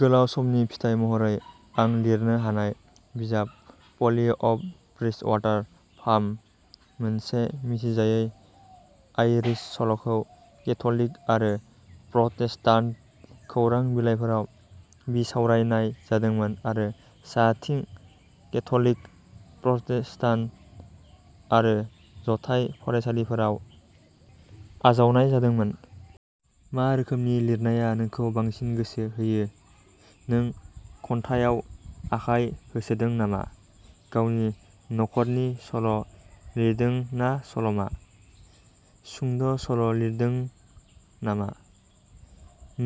गोलाव समनि फिथाइ महरै आं लिरनो हानाय बिजाब, पलि अफ ब्रिजवाटार फार्म मोनसे मिथिजायै आइरिश सल' खौ केथ'लिक आरो प्रटेस्टान्ट खौरां बिलाइफोराव बिसावरायनाय जादोंमोन आरो साहाथिं केथ'लिक, प्रटेस्टान्ट आरो जथाय फरायसालिफोराव आजावनाय जादोंमोन। मा रोखोमनि लिरनाया नोंखौ बांसिन गोसो होयो नों खन्थाइयाव आखाइ होसोदों नामा गावनि नखरनि सल' लिरदों ना सल'मा? सुंद' सल' लिरदों नामा?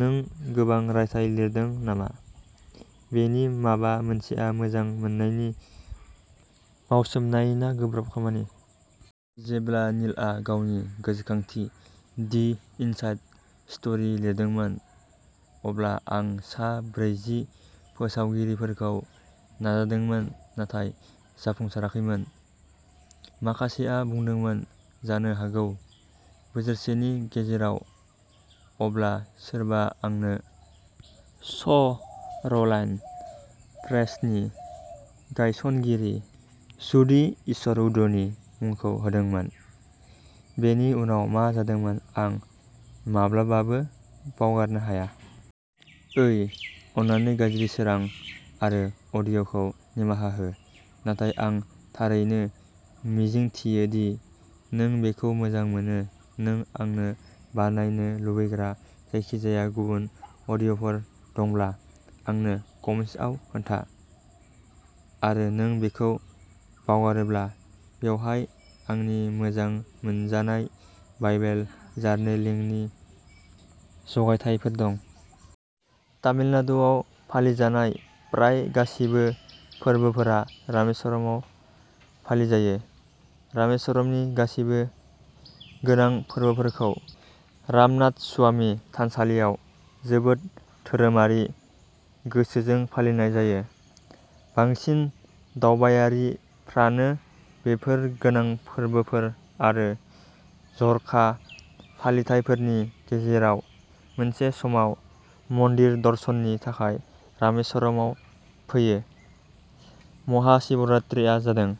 नों गोबां रायथाइ लिरदों नामा? बेनि माबा मोनसेआ मोजां मोननायनि मावसोमनाय ना गोब्राब खामानि? जेब्ला नीलआ गावनि गोसोखांथि, दि इनसाइड स्ट'री लिरदोंमोन, अब्ला आं सा ब्रैजि फोसावगिरिफोरखौ नाजादोंमोन नाथाय जाफुंसाराखैमोन। माखासेया बुंदोंमोन जानो हागौ बोसोरसेनि गेजेराव अब्ला सोरबा आंनो श'रलाइन प्रेसनि गायसनगिरि जुडी इशरवुडनि मुंखौ होदोंमोन। बेनि उनाव मा जादोंमोन आं माब्लाबाबो बावगारनो हाया। ओइ अन्नानै गाज्रि सोरां आरो अडिय'खौ निमाहा हो, नाथाय आं थारैनो मिजिंथियो दि नों बेखौ मोजां मोनो नों आंनो बानायनो लुबैग्रा जायखिजाया गुबुन अडिय'फोर दंब्ला आंनो कमेन्ट्सआव खोन्था। आरो नों बेखौ बावगारोब्ला, बेवहाय आंनि मोजां मोनजानाय बाइबेल जार्नलिंगनि जगायथायफोर दं। तामिलनाडुआव फालिजानाय प्राय गासिबो फोरबोफोरा रामेश्वरमाव फालिजायो। रामेश्वरमनि गासिबो गोनां फोरबोफोरखौ रामनाथस्वामी थानसालियाव जोबोद धोरोमारि गोसोजों फालिनाय जायो। बांसिन दावबायारिफ्रानो बेफोर गोनां फोरबोफोर आरो जर'खा फालिथायफोरनि गेजेराव मोनसे समाव मन्दिर दर्शननि थाखाय रामेश्वरमाव फैयो। महाशिवरात्रिआ जादों